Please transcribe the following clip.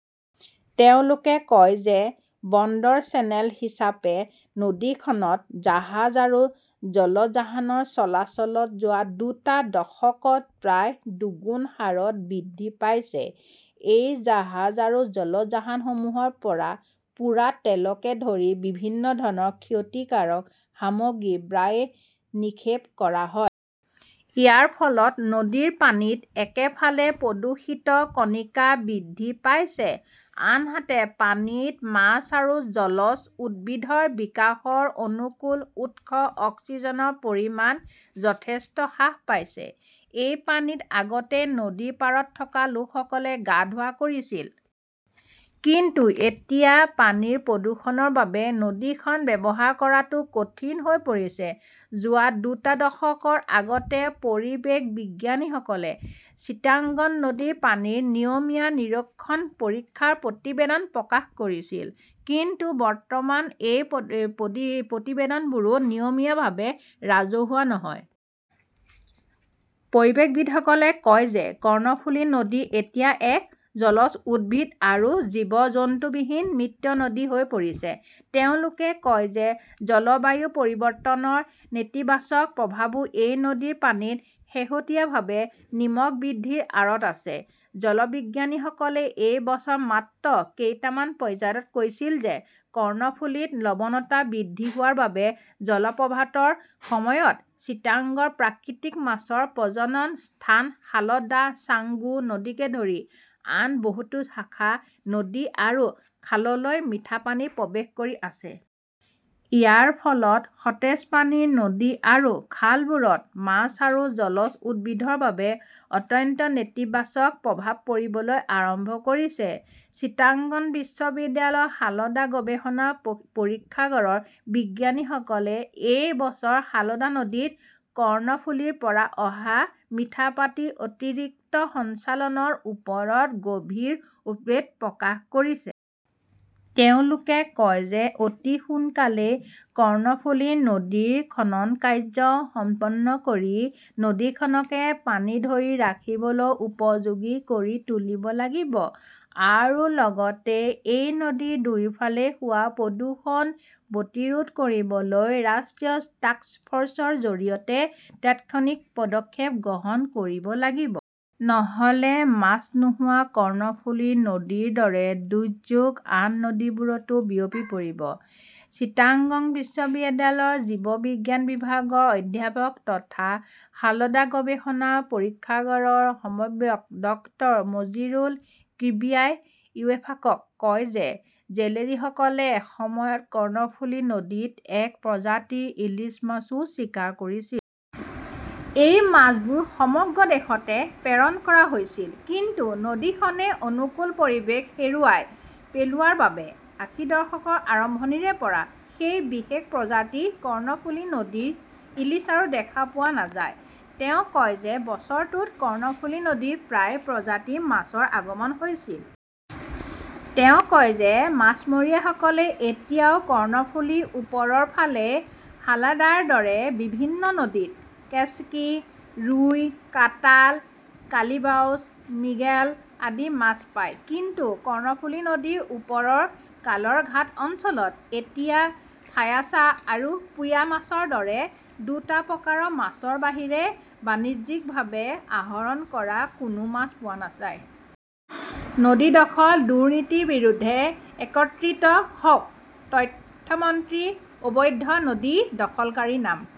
তেওঁলোকে কয় যে বন্দৰ চেনেল হিচাপে নদীখনত জাহাজ আৰু জলযাহানৰ চলাচলত যোৱা দুটা দশকত প্ৰায় দুগুণ হাৰত বৃদ্ধি পাইছে। এই জাহাজ আৰু জলযানসমূহৰ পৰা পোৰা তেলকে ধৰি বিভিন্ন ধৰণৰ ক্ষতিকাৰক সামগ্ৰী প্ৰায়ে নিক্ষেপ কৰা হয়। ইয়াৰ ফলত নদীৰ পানীত একেফালে প্ৰদূষিত কণিকা বৃদ্ধি পাইছে, আনহাতে পানীত মাছ আৰু জলজ উদ্ভিদৰ বিকাশৰ অনুকূল উৎস অক্সিজেনৰ পৰিমাণ যথেষ্ট হ্ৰাস পাইছে। এই পানীত আগতে নদীৰ পাৰত থকা লোকসকলে গা ধোৱা কৰিছিল। কিন্তু এতিয়া পানীৰ প্ৰদূষণৰ বাবে নদীখন ব্যৱহাৰ কৰাটো কঠিন হৈ পৰিছে। যোৱা দুটা দশকৰ আগতে পৰিৱেশ বিজ্ঞানীসকলে চিটাগংন নদীৰ পানীৰ নিয়মীয়া নিৰীক্ষণ পৰীক্ষাৰ প্ৰতিবেদন প্ৰকাশ কৰিছিল। কিন্তু বৰ্তমান এই প্ৰতিবেদনবোৰো নিয়মীয়াভাৱে ৰাজহুৱা নহয়। পৰিৱেশবিদসকলে কয় যে কৰ্ণফুলি নদী এতিয়া এক জলজ উদ্ভিদ আৰু জীৱ-জন্তুবিহীন মৃত নদী হৈ পৰিছে। তেওঁলোকে কয় যে জলবায়ু পৰিৱৰ্তনৰ নেতিবাচক প্ৰভাৱো এই নদীৰ পানীত শেহতীয়াভাৱে নিমখ বৃদ্ধিৰ আঁৰত আছে। জলবিজ্ঞানীসকলে এই বছৰ মাত্ৰ কেইটামান পৰ্যায়ত কৈছিল যে কৰ্ণফুলীত লৱণতা বৃদ্ধি হোৱাৰ বাবে জলপ্ৰভাতৰ সময়ত চিটাঙগৰ প্ৰাকৃতিক মাছৰ প্ৰজনন স্থান হালদা, ছাংগু নদীকে ধৰি আন বহুতো শাখা নদী আৰু খাললৈ মিঠা পানী প্ৰৱেশ কৰি আছে। ইয়াৰ ফলত সতেজ পানী নদী আৰু খালবোৰত মাছ আৰু জলজ উদ্ভিদৰ বাবে অত্যন্ত নেতিবাচক প্ৰভাৱ পৰিবলৈ আৰম্ভ কৰিছে। চিটাঙগন বিশ্ববিদ্যালয়ৰ সালদা গৱেষণা পৰীক্ষাগাৰৰ বিজ্ঞানীসকলে এই বছৰ সালদা নদীত কৰ্ণফুলিৰ পৰা অহা মিঠা পাতি অতিৰিক্ত সঞ্চালনৰ ওপৰত গভীৰ উদ্বেগ প্ৰকাশ কৰিছে। তেওঁলোকে কয় যে অতি সোনকালেই কৰ্ণফুলি নদীৰ খনন কাৰ্য্য সম্পন্ন কৰি নদীখনকে পানী ধৰি ৰাখিবলৈ উপযোগী কৰি তুলিব লাগিব আৰু লগতে এই নদীৰ দুয়োফালে হোৱা প্ৰদূষণ প্ৰতিৰোধ কৰিবলৈ ৰাষ্ট্ৰীয় টাস্ক ফৰ্চৰ জৰিয়তে তাৎক্ষণিক পদক্ষেপ গ্ৰহণ কৰিব লাগিব। নহ'লে মাছ নোহোৱা কৰ্ণফুলি নদীৰ দৰে দুৰ্যোগ আন নদীবোৰতো বিয়পি পৰিব। চিটাঙগং বিশ্ববিদ্যালয়ৰ জীৱবিজ্ঞান বিভাগৰ অধ্যাপক তথা সালদা গৱেষণা পৰীক্ষাগাৰৰ সমন্বয়ক ডাঃ মজিৰুল কিব্ৰিয়াই ইউয়েফাকক কয় যে জেলেৰীসকলে এসময়ত কৰ্ণফুলি নদীত এক প্ৰজাতিৰ ইলিছ মাছও চিকাৰ কৰিছিল। এই মাছবোৰ সমগ্ৰ দেশতে প্ৰেৰণ কৰা হৈছিল। কিন্তু নদীখনে অনুকূল পৰিৱেশ হেৰুৱাই পেলোৱাৰ বাবে আশীৰ দশকৰ আৰম্ভণিৰে পৰা সেই বিশেষ প্ৰজাতিৰ কৰ্ণফুলি নদীৰ ইলিছ আৰু দেখা পোৱা নাযায়। তেওঁ কয় যে বছৰটোত কৰ্ণফুলি নদীত প্ৰায় প্ৰজাতিৰ মাছৰ আগমন হৈছিল। তেওঁ কয় যে মাছমৰীয়াসকলে এতিয়াও কৰ্ণফুলিৰ ওপৰৰ ফালে হালদাৰ দৰে বিভিন্ন নদীত কেচকি, ৰুই, কাটাল, কালিবাউছ, মিৰ্গেল আদি মাছ পায়। কিন্তু কৰ্ণফুলি নদীৰ ওপৰৰ কালৰঘাট অঞ্চলত এতিয়া ফায়াছা আৰু পোয়া মাছৰ দৰে দুটা প্ৰকাৰৰ মাছৰ বাহিৰে বাণিজ্যিকভাৱে আহৰণ কৰা কোনো মাছ পোৱা নাযায়। নদী দখল-দুৰ্নীতিৰ বিৰুদ্ধে একত্ৰিত হওক । তথ্য মন্ত্ৰী অবৈধ নদী দখলকাৰীৰ নাম